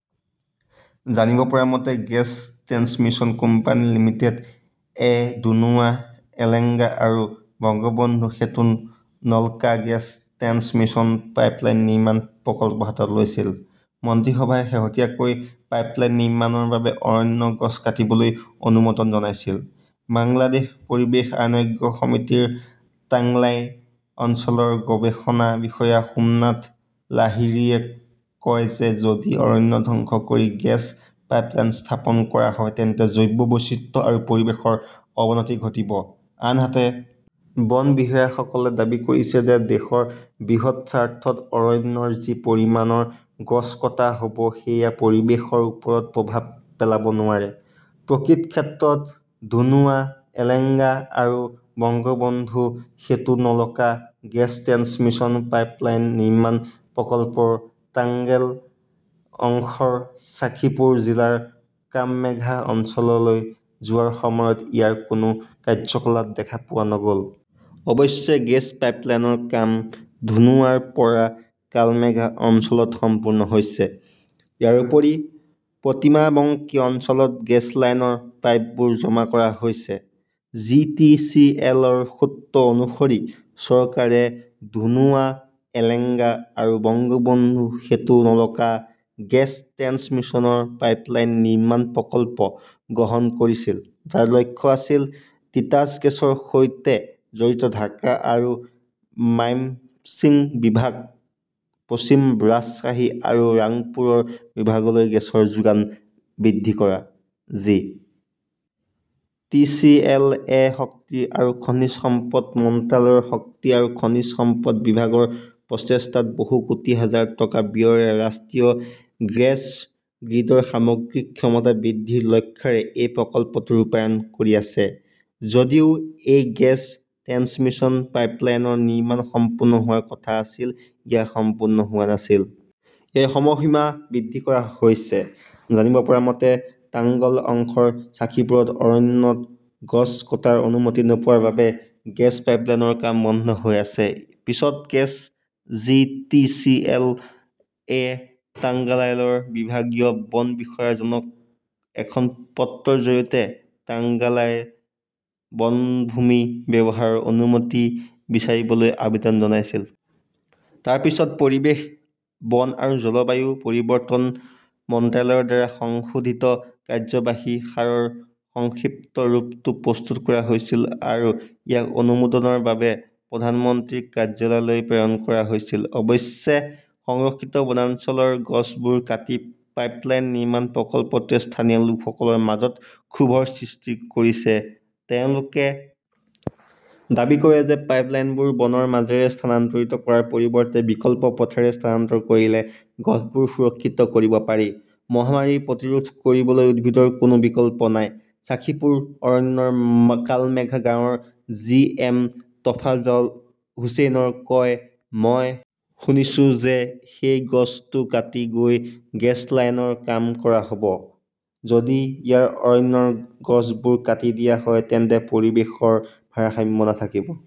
জানিব পৰা মতে, গেছ ট্ৰেন্সমিশ্যন কোম্পানী লিমিটেড -এ ধুনুৱা-এলেঙ্গা আৰু Bangabandhu Setu-Nalka gas transmission pipeline নিৰ্মাণ প্ৰকল্প হাতত লৈছিল। মন্ত্ৰীসভাই শেহতীয়াকৈ পাইপলাইন নিৰ্মাণৰ বাবে অৰণ্যৰ গছ কাটিবলৈ অনুমোদন জনাইছিল। বাংলাদেশ পৰিৱেশ আইনজ্ঞ সমিতিৰ টাঙ্গাইল অঞ্চলৰ গৱেষণা বিষয়া সোমনাথ লাহিৰীয়ে কয় যে যদি অৰণ্য ধ্বংস কৰি গেছ পাইপলাইন স্থাপন কৰা হয় তেন্তে জৈৱ বৈচিত্ৰ্য আৰু পৰিৱেশৰ অৱনতি ঘটিব। আনহাতে, বন বিষয়াসকলে দাবী কৰিছে যে দেশৰ বৃহৎ স্বাৰ্থত অৰণ্যৰ যি পৰিমাণৰ গছ কটা হ'ব সেয়া পৰিৱেশৰ ওপৰত প্ৰভাৱ পেলাব নোৱাৰে। প্ৰকৃত ক্ষেত্ৰত, ধুনুৱা-এলেঙ্গা আৰু Bangabandhu Setu-Nalka gas transmission pipeline নিৰ্মাণ প্ৰকল্পৰ তাংগেল অংশৰ ছাখীপুৰ জিলাৰ কালমেঘা অঞ্চললৈ যোৱাৰ সময়ত ইয়াৰ কোনো কাৰ্যকলাপ দেখা পোৱা নগ'ল। অৱশ্যে, গেছ পাইপলাইনৰ কাম ধুনুৱাৰ পৰা কালমেঘা অঞ্চলত সম্পূৰ্ণ হৈছে। ইয়াৰ উপৰিও প্ৰতিমা বংকী অঞ্চলত গেছ লাইনৰ পাইপবোৰ জমা কৰা হৈছে। জি. টি. চি. এল. -ৰ সূত্ৰ অনুসৰি, চৰকাৰে "ধনুৱা-এলেঙ্গা আৰু Bangabandhu Setu-Nalka gas transmission pipeline নিৰ্মাণ প্ৰকল্প" গ্ৰহণ কৰিছিল, যাৰ লক্ষ্য আছিল তিতাছ গেছৰ সৈতে জড়িত ঢাকা আৰু মাইমশ্বিং বিভাগ, পশ্চিম ৰাজশ্বাহী আৰু ৰাংপুৰ বিভাগলৈ গেছৰ যোগান বৃদ্ধি কৰা। জি. টি. চি. এল. -এ শক্তি আৰু খনিজ সম্পদ মন্ত্ৰালয়ৰ শক্তি আৰু খনিজ সম্পদ বিভাগৰ প্ৰচেষ্টাত বহু কোটি হাজাৰ টকা ব্যয়েৰে ৰাষ্ট্ৰীয় গেছ গ্ৰীডৰ সামগ্ৰিক ক্ষমতা বৃদ্ধিৰ লক্ষ্যৰে এই প্ৰকল্পটো ৰূপায়ণ কৰি আছে। যদিও এই গেছ ট্ৰেন্সমিশ্যন পাইপলাইনৰ নিৰ্মাণ সম্পূৰ্ণ হোৱাৰ কথা আছিল, ই সম্পূৰ্ণ হোৱা নাছিল। ইয়াৰ সময়সীমা বৃদ্ধি কৰা হৈছে। জানিব পৰা মতে, টাংগল অংশৰ ছাখীপুৰত অৰণ্যৰ গছ কটাৰ অনুমতি নোপোৱাৰ বাবে গেছ পাইপলাইনৰ কাম বন্ধ হৈ আছে। পিছত gas G. T. C. L. -এ তাংগাইলৰ বিভাগীয় বন বিষয়াজনক এখন পত্ৰৰ জৰিয়তে তাংগাইল বনভূমি ব্যৱহাৰৰ অনুমতি বিচাৰিবলৈ আবেদন জনাইছিল। তাৰ পিছত পৰিৱেশ, বন আৰু জলবায়ু পৰিৱৰ্তন মন্ত্ৰালয়ৰ দ্বাৰা সংশোধিত কাৰ্যবাহী সাৰৰ সংক্ষিপ্ত ৰূপটো প্ৰস্তুত কৰা হৈছিল আৰু ইয়াক অনুমোদনৰ বাবে প্ৰধানমন্ত্ৰীৰ কাৰ্যালয়লৈ প্ৰেৰণ কৰা হৈছিল। অৱশ্যে, সংৰক্ষিত বনাঞ্চলৰ গছবোৰ কাটি পাইপলাইন নিৰ্মাণ প্ৰকল্পটোৱে স্থানীয় লোকসকলৰ মাজত ক্ষোভৰ সৃষ্টি কৰিছে। তেওঁলোকে দাবী কৰে যে পাইপ লাইনবোৰ বনৰ মাজেৰে স্থানান্তৰিত কৰাৰ পৰিৱৰ্তে বিকল্প পথেৰে স্থানান্তৰ কৰিলে গছবোৰ সুৰক্ষিত কৰিব পাৰি। "মহামাৰী প্ৰতিৰোধ কৰিবলৈ উদ্ভিদৰ কোনো বিকল্প নাই", ছাখীপুৰ অৰণ্যৰ কালমেঘা গাঁৱৰ জি. এম. টফাজ্জল হুচেইনে কয়। মই শুনিছোঁ যে সেই গছটো কাটি গৈ গেছ লাইনৰ কাম কৰা হ'ব। যদি ইয়াত অৰণ্যৰ গছবোৰ কাটি দিয়া হয় তেন্তে পৰিৱেশৰ ভাৰসাম্য নাথাকিব।